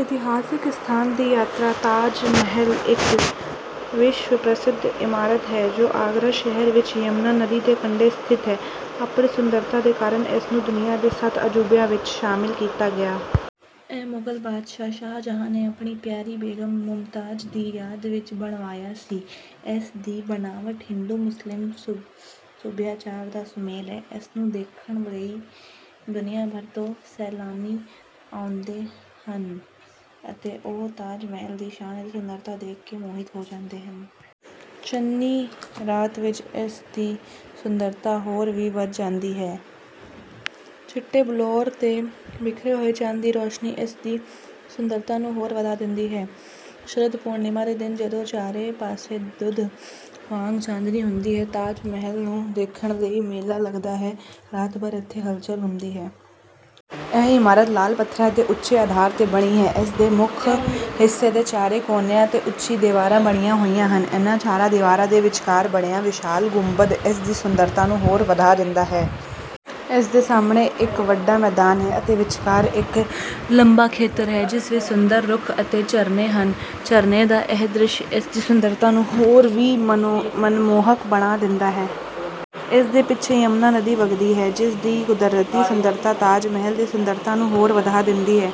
ਇਤਿਹਾਸਕ ਸਥਾਨ ਦੀ ਯਾਤਰਾ ਤਾਜ ਮਹਿਲ ਇੱਕ ਵਿਸ਼ਵ ਪ੍ਰਸਿੱਧ ਇਮਾਰਤ ਹੈ ਜੋ ਆਗਰਾ ਸ਼ਹਿਰ ਵਿੱਚ ਯਮੁਨਾ ਨਦੀ ਦੇ ਕੰਢੇ ਸਥਿਤ ਹੈ। ਆਪਣੀ ਸੁੰਦਰਤਾ ਦੇ ਕਾਰਨ ਇਸਨੂੰ ਦੁਨੀਆ ਦੇ ਸੱਤ ਅਜੂਬਿਆਂ ਵਿੱਚ ਸ਼ਾਮਲ ਕੀਤਾ ਗਿਆ। ਇਹ ਮੁਗਲ ਬਾਦਸ਼ਾਹ ਸ਼ਾਹਜਹਾਂ ਨੇ ਆਪਣੀ ਪਿਆਰੀ ਬੇਗਮ ਮੁਮਤਾਜ਼ ਦੀ ਯਾਦ ਵਿੱਚ ਬਣਵਾਇਆ ਸੀ। ਇਸ ਦੀ ਬਨਾਵਟ ਹਿੰਦੂ-ਮੁਸਲਿਮ ਸੱਭਿਆਚਾਰ ਦਾ ਸੁਮੇਲ ਹੈ। ਇਸ ਨੂੰ ਦੇਖਣ ਲਈ ਦੁਨੀਆ ਭਰ ਤੋਂ ਸੈਲਾਨੀ ਆਉਂਦੇ ਹਨ। ਅਤੇ ਉਹ ਤਾਜ ਮਹਿਲ ਦੀ ਸ਼ਾਨ ਅਤੇ ਸੁੰਦਰਤਾ ਦੇਖ ਕੇ ਮੋਹਿਤ ਹੋ ਜਾਂਦੇ ਹਨ। ਚੰਨੀ ਰਾਤ ਵਿੱਚ ਇਸ ਦੀ ਸੁੰਦਰਤਾ ਹੋਰ ਵੀ ਵੱਧ ਜਾਂਦੀ ਹੈ। ਚਿੱਟੇ ਬਲੌਰ 'ਤੇ ਬਿਖਰੇ ਹੋਏ ਚੰਨ ਦੀ ਰੌਸ਼ਨੀ ਇਸ ਦੀ ਸੁੰਦਰਤਾ ਨੂੰ ਹੋਰ ਵਧਾ ਦਿੰਦੀ ਹੈ। ਸ਼ਰਦ ਪੂਰਨਿਮਾ ਦੇ ਦਿਨ ਜਦੋਂ ਚਾਰੇ ਪਾਸੇ ਦੁੱਧ ਵਾਂਗ ਚਾਂਦਨੀ ਹੁੰਦੀ ਹੈ, ਤਾਜ ਮਹਿਲ ਨੂ ਦੇਖਣ ਲਈ ਮੇਲਾ ਲੱਗਦਾ ਹੈ, ਰਾਤ ਭਰ ਇੱਥੇ ਹਲਚਲ ਹੁੰਦੀ ਹੈ। ਇਹ ਇਮਾਰਤ ਲਾਲ ਪੱਥਰਾਂ ਦੇ ਉੱਚੇ ਅਧਾਰ 'ਤੇ ਬਣੀ ਹੈ। ਇਸ ਦੇ ਮੁੱਖ ਹਿੱਸੇ ਦੇ ਚਾਰੇ ਕੋਨਿਆਂ 'ਤੇ ਉੱਚੀਆਂ ਦੀਵਾਰਾਂ ਬਣੀਆਂ ਹੋਈਆਂ ਹਨ। ਇਨ੍ਹਾਂ ਚਾਰਾਂ ਦੀਵਾਰਾਂ ਦੇ ਵਿਚਕਾਰ ਬਣਿਆ ਵਿਸ਼ਾਲ ਗੁੰਬਦ ਇਸ ਦੀ ਸੁੰਦਰਤਾ ਨੂੰ ਹੋਰ ਵਧਾ ਦਿੰਦਾ ਹੈ। ਇਸ ਦੇ ਸਾਹਮਣੇ ਇੱਕ ਵੱਡਾ ਮੈਦਾਨ ਹੈ। ਅਤੇ ਵਿਚਕਾਰ ਇੱਕ ਲੰਮਾ ਖੇਤਰ ਹੈ, ਜਿਸ ਵਿੱਚ ਸੁੰਦਰ ਰੁੱਖ ਅਤੇ ਝਰਨੇ ਹਨ। ਝਰਨੇ ਦਾ ਇਹ ਦ੍ਰਿਸ਼ ਇਸ ਦੀ ਸੁੰਦਰਤਾ ਨੂੰ ਹੋਰ ਵੀ ਮਨਮੋਹਕ ਬਣਾ ਦਿੰਦਾ ਹੈ। ਇਸ ਦੇ ਪਿੱਛੇ ਯਮੁਨਾ ਨਦੀ ਵਗਦੀ ਹੈ, ਜਿਸ ਦੀ ਕੁਦਰਤੀ ਸੁੰਦਰਤਾ ਤਾਜ ਮਹਿਲ ਦੀ ਸੁੰਦਰਤਾ ਨੂੰ ਹੋਰ ਵਧਾ ਦਿੰਦੀ ਹੈ।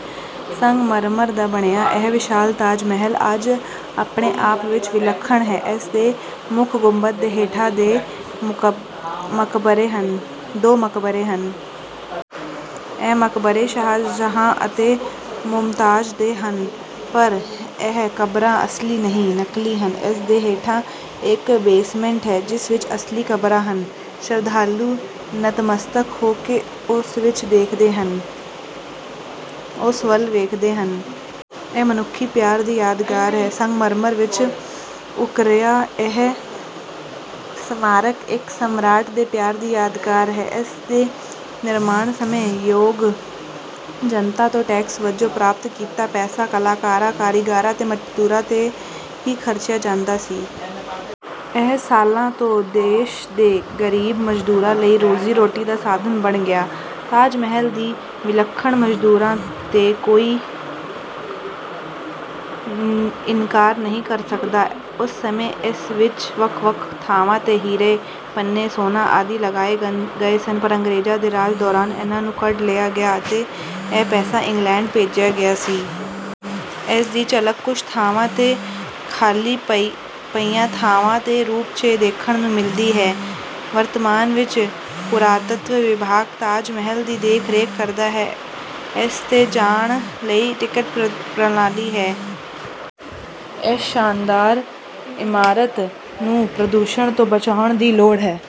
ਸੰਗਮਰਮਰ ਦਾ ਬਣਿਆ ਇਹ ਵਿਸ਼ਾਲ ਤਾਜ ਮਹਿਲ ਆਪਣੇ ਆਪ ਵਿੱਚ ਵਿਲੱਖਣ ਹੈ। ਇਸ ਦੇ ਮੁੱਖ ਗੁੰਬਦ ਦੇ ਹੇਠਾਂ ਦੋ ਮਕਬਰੇ ਹਨ। ਇਹ ਮਕਬਰੇ ਸ਼ਾਹਜਹਾਂ ਅਤੇ ਮੁਮਤਾਜ਼ ਦੇ ਹਨ। ਪਰ ਇਹ ਕਬਰਾਂ ਅਸਲੀ ਨਹੀਂ, ਨਕਲੀ ਹਨ। ਇਸ ਦੇ ਹੇਠਾਂ ਇੱਕ ਬੇਸਮੈਂਟ ਹੈ, ਜਿਸ ਵਿੱਚ ਅਸਲੀ ਕਬਰਾਂ ਹਨ। ਸ਼ਰਧਾਲੂ ਨਤਮਸਤਕ ਹੋ ਕੇ ਉਸ ਵੱਲ ਵੇਖਦੇ ਹਨ। ਇਹ ਮਨੁੱਖੀ ਪਿਆਰ ਦੀ ਯਾਦਗਾਰ ਹੈ। ਸੰਗਮਰਮਰ ਵਿੱਚ ਉੱਕਰਿਆ, ਇਹ ਸਮਾਰਕ ਇੱਕ ਸਮਰਾਟ ਦੇ ਪਿਆਰ ਦੀ ਯਾਦਗਾਰ ਹੈ। ਇਸ ਦੇ ਨਿਰਮਾਣ ਸਮੇਂ, ਯੋਗ ਜਨਤਾ ਤੋਂ ਟੈਕਸ ਵਜੋਂ ਪ੍ਰਾਪਤ ਕੀਤਾ ਪੈਸਾ ਕਲਾਕਾਰਾਂ, ਕਾਰੀਗਰਾਂ ਅਤੇ ਮਜ਼ਦੂਰਾਂ 'ਤੇ ਹੀ ਖਰਚਿਆ ਜਾਂਦਾ ਸੀ। ਇਹ ਸਾਲਾਂ ਤੋਂ ਦੇਸ਼ ਦੇ ਗਰੀਬ ਮਜ਼ਦੂਰਾਂ ਲਈ ਰੋਜ਼ੀ-ਰੋਟੀ ਦਾ ਸਾਧਨ ਬਣ ਗਿਆ। ਤਾਜ ਮਹਿਲ ਦੀ ਵਿਲੱਖਣ ਸੁੰਦਰਤਾ ਤੋਂ ਕੋਈ ਇਨਕਾਰ ਨਹੀਂ ਕਰ ਸਕਦਾ। ਉਸ ਸਮੇਂ ਇਸ ਵਿਚ ਵੱਖ-ਵੱਖ ਥਾਵਾਂ 'ਤੇ ਹੀਰੇ, ਪੰਨੇ, ਸੋਨਾ ਆਦਿ ਲਗਾਏ ਗਏ ਸਨ ਪਰ ਅੰਗਰੇਜ਼ਾਂ ਦੇ ਰਾਜ ਦੌਰਾਨ ਇਨ੍ਹਾਂ ਨੂੰ ਕੱਢ ਲਿਆ ਗਿਆ ਅਤੇ ਇਹ ਪੈਸਾ ਇੰਗਲੈਂਡ ਭੇਜਿਆ ਗਿਆ ਸੀ। ਇਸ ਦੀ ਝਲਕ ਕੁਝ ਥਾਵਾਂ 'ਤੇ ਖਾਲੀ ਪਈਆਂ ਥਾਵਾਂ ਦੇ ਰੂਪ 'ਚ ਦੇਖਣ ਨੂੰ ਮਿਲਦੀ ਹੈ। ਵਰਤਮਾਨ ਵਿੱਚ, ਪੁਰਾਤੱਤਵ ਵਿਭਾਗ ਤਾਜ ਮਹਿਲ ਦੀ ਦੇਖ-ਰੇਖ ਕਰਦਾ ਹੈ। ਇਸ 'ਤੇ ਜਾਣ ਲਈ ਟਿਕਟ ਪ੍ਰਣਾਲੀ ਹੈ। ਇਸ ਸ਼ਾਨਦਾਰ ਇਮਾਰਤ ਨੂੰ ਪ੍ਰਦੂਸ਼ਣ ਤੋਂ ਬਚਾਉਣ ਦੀ ਲੋੜ ਹੈ।